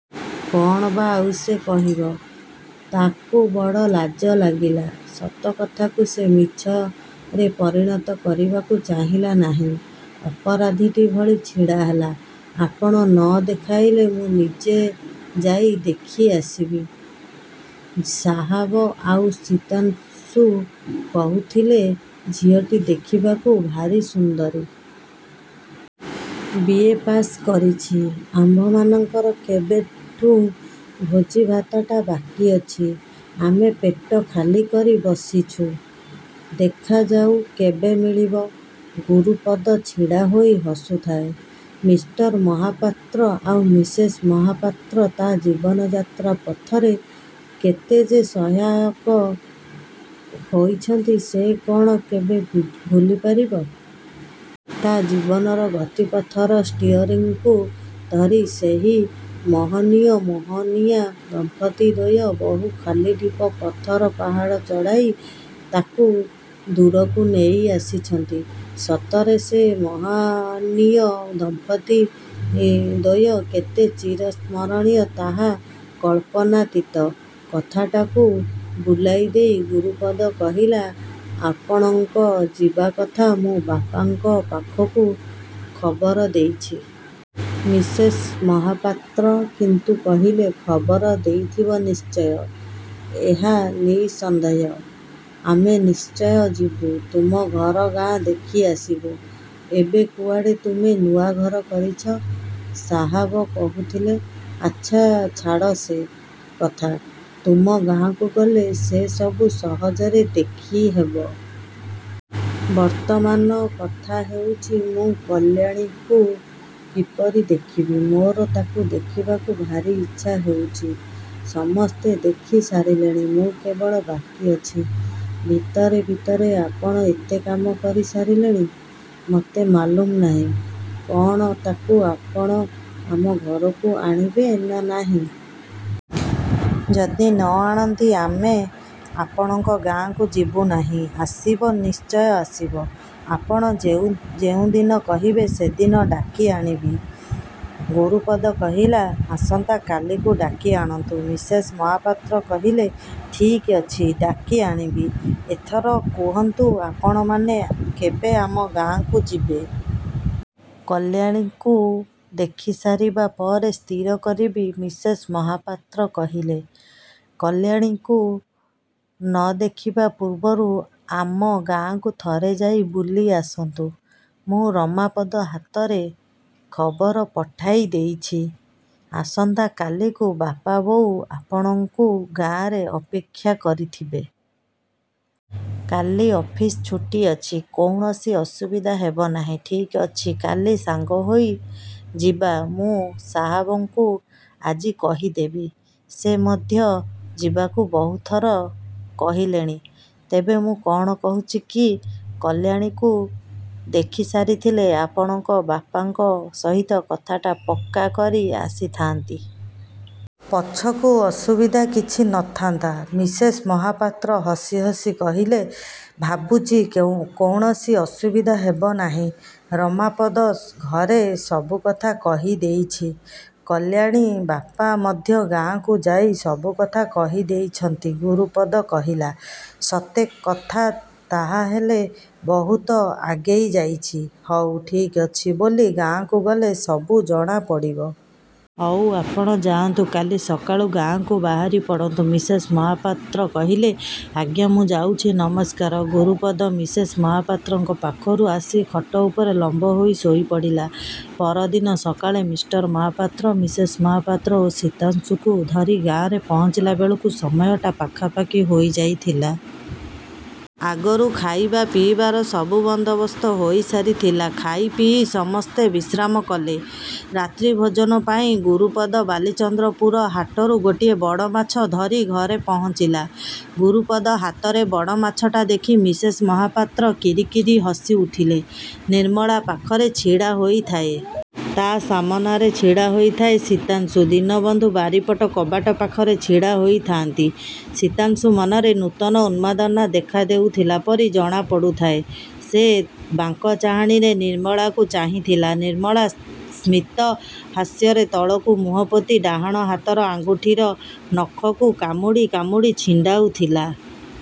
କ'ଣ ବା ଆଉ ସେ କହିବ। ତା'କୁ ବଡ଼ ଲାଜ ଲାଗିଲା। ସତ କଥାକୁ ସେ ମିଛରେ ପରିଣତ କରିବାକୁ ଚାହିଁଲା ନାହିଁ। ଅପରାଧୀଟି ଭଳି ଛିଡ଼ା ହେଲା। ଆପଣ ନ ଦେଖାଇଲେ ମୁଁ ନିଜେ ଯାଇ ଦେଖିଆସିବି। ସାହାବ ଆଉ ଶୀତାଂଶୁ କହୁଥିଲେ, ଝିଅଟି ଦେଖିବାକୁ ଭାରି ସୁନ୍ଦରୀ। ବି. ଏ. ପାସ୍ କରିଛି। ଆମ୍ଭମାନଙ୍କର କେବେଠୁଁ ଭୋଜିଭାତଟା ବାକି ଅଛି। ଆମେ ପେଟ ଖାଲିକରି ବସିଛୁ। ଦେଖାଯାଉ କେବେ ମିଳିବ? ଗୁରୁପଦ ଛିଡ଼ା ହୋଇ ହସୁଥାଏ, ମିଷ୍ଟର ମହାପାତ୍ର ଆଉ ମିସେସ୍ ମହାପାତ୍ର ତା' ଜୀବନଯାତ୍ରା ପଥରେ କେତେ ଯେ ସହାୟକ ହୋଇଛନ୍ତି, ସେ କ'ଣ କେବେ ଭୁଲିପାରିବ! ତା' ଜୀବନର ଗତି ପଥର ଷ୍ଟିଅରିଂକୁ ଧରି ସେହି ମହନୀୟ ମହନୀୟା ଦମ୍ପତିଦ୍ୱୟ ବହୁ ଖାଲି ଢିପ ପଥର ପାହାଡ଼ ଚଢ଼ାଇ ତା'କୁ ଦୂରକୁ ନେଇ ଆସିଛନ୍ତି। ସତରେ ସେ ମହାନୀୟ ଦମ୍ପତ୍ତି ଦ୍ୱୟ କେତେ ଚିର ସ୍ମରଣୀୟ ତାହା କଳ୍ପନାତୀତ। କଥାଟାକୁ ବୁଲାଇଦେଇ ଗୁରୁପଦ କହିଲା, ଆପଣଙ୍କ ଯିବା କଥା ମୁଁ ବାପାଙ୍କ ପାଖକୁ ଖବର ଦେଇଛି। ମିସେସ୍ ମହାପାତ୍ର କିନ୍ତୁ କହିଲେ, ଖବର ଦେଇଥିବ ନିଶ୍ଚୟ! ଏହା ନିଃସନ୍ଦେହ। ଆମେ ନିଶ୍ଚୟ ଯିବୁ। ତୁମ ଘର ଗାଁ ଦେଖିଆସିବୁ। ଏବେ କୁଆଡ଼େ ତୁମେ ନୂଆଘର କରିଛ, ସାହାବ କହୁଥିଲେ। ଆଚ୍ଛା ଛାଡ଼ ସେ। କଥା, ତୁମ ଗାଁକୁ ଗଲେ ସେ ସବୁ ସହଜରେ ଦେଖିହେବ। ବର୍ତ୍ତମାନ କଥା ହେଉଛି, ମୁଁ କଲ୍ୟାଣୀକୁ କିପରି ଦେଖିବି। ମୋର ତା'କୁ ଦେଖିବାକୁ ଭାରି ଇଚ୍ଛା ହେଉଛି। ସମସ୍ତେ ଦେଖି ସାରିଲେଣି, ମୁଁ କେବଳ ବାକି ଅଛି। ଭିତରେ ଭିତରେ ଆପଣ ଏତେ କାମ କରି ସାରିଲେଣି, ମୋତେ ମାଲୁମ୍ ନାହିଁ। କ'ଣ ତା'କୁ ଆପଣ ଆମ ଘରକୁ ଆଣିବେ ନା ନାହିଁ। ଯଦି ନ ଆଣନ୍ତି ଆମେ ଆପଣଙ୍କ ଗାଁକୁ ଯିବୁ ନାହିଁ। ଆସିବ, ନିଶ୍ଚୟ ଆସିବ। ଆପଣ ଯେଉଁଦିନ କହିବେ ସେଦିନ ଡାକି ଆଣିବି, ଗୁରୁପଦ କହିଲା। ଆସନ୍ତା କାଲିକୁ ଡାକି ଆଣନ୍ତୁ, ମିସେସ୍ ମହାପାତ୍ର କହିଲେ। ଠିକ୍ ଅଛି ଡାକି ଆଣିବି। ଏଥର କୁହନ୍ତୁ ଆପଣମାନେ କେବେ ଆମ ଗାଁକୁ ଯିବେ? କଲ୍ୟାଣୀକୁ ଦେଖି ସାରିବା ପରେ ସ୍ଥିର କରିବି, ମିସେସ୍ ମହାପାତ୍ର କହିଲେ। କଲ୍ୟାଣୀକୁ ନ ଦେଖିବା ପୂର୍ବରୁ ଆମ ଗାଁକୁ ଥରେ ଯାଇ ବୁଲି ଆସନ୍ତୁ। ମୁଁ ରମାପଦ ହାତରେ ଖବର ପଠାଇ ଦେଇଛି, ଆସନ୍ତା କାଲିକୁ ବାପା ବୋଉ ଆପଣଙ୍କୁ ଗାଁରେ ଅପେକ୍ଷା କରିଥିବେ। କାଲି ଅଫିସ୍ ଛୁଟି ଅଛି, କୌଣସି ଅସୁବିଧା ହେବ ନାହିଁ। ଠିକ୍ ଅଛି କାଲି ସାଙ୍ଗହୋଇ ଯିବା ମୁଁ ସାହାବଙ୍କୁ ଆଜି କହିଦେବି। ସେ ମଧ୍ୟ ଯିବାକୁ ବହୁଥର କହିଲେଣି। ତେବେ ମୁଁ କ'ଣ କହୁଛି କି, କଲ୍ୟାଣୀକୁ ଦେଖି ସାରିଥିଲେ ଆପଣଙ୍କ ବାପାଙ୍କ ସହିତ କଥାଟା ପକ୍କା କରି ଆସିଥାନ୍ତି। ପଛକୁ ଅସୁବିଧା କିଛି ନଥାନ୍ତା ମିସେସ୍ ମହାପାତ୍ର ହସି ହସି କହିଲେ। ଭାବୁଛି କୌଣସି ଅସୁବିଧା ହେବ ନାହିଁ, ରମାପଦ ଘରେ ସବୁକଥା କହିଦେଇଛି, କଲ୍ୟାଣୀ ବାପା ମଧ୍ୟ ଗାଁକୁ ଯାଇ ସବୁକଥା କହି ଦେଇଛନ୍ତି ଗୁରୁପଦ କହିଲା। ସତେ, କଥା ତାହାହେଲେ ବହୁତ ଆଗେଇ ଯାଇଛି, ହଉ ଠିକ୍ ଅଛି କାଲି ଗାଁକୁ ଗଲେ ସବୁ ଜଣାପଡ଼ିବ। ହଉ ଆପଣ ଯାଆନ୍ତୁ କାଲି ସକାଳୁ ଗାଁକୁ ବାହାରି ପଡ଼ନ୍ତୁ, ମିସେସ୍ ମହାପାତ୍ର କହିଲେ। ଆଜ୍ଞା ମୁଁ ଯାଉଛି, ନମସ୍କାର। ଗୁରୁପଦ ମିସେସ୍ ମହାପାତ୍ରଙ୍କ ପାଖରୁ ଆସି ଖଟ ଉପରେ ଲମ୍ୱ ହୋଇ ଶୋଇପଡ଼ିଲା। ପରଦିନ ସକାଳେ ମିଷ୍ଟର ମହାପାତ୍ର ମିସେସ୍ ମହାପାତ୍ର ଓ ଶୀତାଂଶୁକୁ ଧରି ଗାଁରେ ପହଞ୍ଚିଲାବେଳକୁ ସମୟ ଟା ପାଖାପାଖି ହୋଇଯାଇଥିଲା। ଆଗରୁ ଖାଇବା ପିଇବାର ସବୁ ବନ୍ଦୋବସ୍ତ ହୋଇସାରିଥିଲା। ଖାଇପିଇ ସମସ୍ତେ ବିଶ୍ରାମ କଲେ, ରାତ୍ରି ଭୋଜନ ପାଇଁ ଗୁରୁପଦ ବାଲିଚନ୍ଦ୍ରପୁର ହାଟରୁ ଗୋଟିଏ ବଡ଼ମାଛ ଧରି ଘରେ ପହଞ୍ଚିଲା। ଗୁରୁପଦ ହାତରେ ବଡ଼ ମାଛଟା ଦେଖି ମିସେସ୍ ମହାପାତ୍ର କିରି କିରି ହସିଉଠିଲେ। ନିର୍ମଳା ପାଖରେ ଛିଡ଼ା ହୋଇଥାଏ। ତା' ସାମନାରେ ଛିଡ଼ା ହୋଇଥାଏ ଶୀତାଂଶୁ। ଦୀନବନ୍ଧୁ ବାରିପଟ କବାଟ ପାଖରେ ଛିଡ଼ା ହୋଇଥାନ୍ତି। ଶୀତାଂଶୁ ମନରେ ନୂତନ ଉନ୍ମାଦନା ଦେଖାଦେଉଥିଲା ପରି ଜଣା ପଡ଼ୁଥାଏ। ସେ ବାଙ୍କ ଚାହାଣୀରେ ନିର୍ମଳାକୁ ଚାହିଁଥିଲା, ନିର୍ମଳା ସ୍ମିତ ହାସ୍ୟରେ ତଳକୁ ମୁହଁ ପୋତି ଡାହାଣ ହାତର ଆଙ୍ଗୁଠିର ନଖକୁ କାମୁଡ଼ି କାମୁଡ଼ି ଛିଣ୍ଡାଉଥିଲା।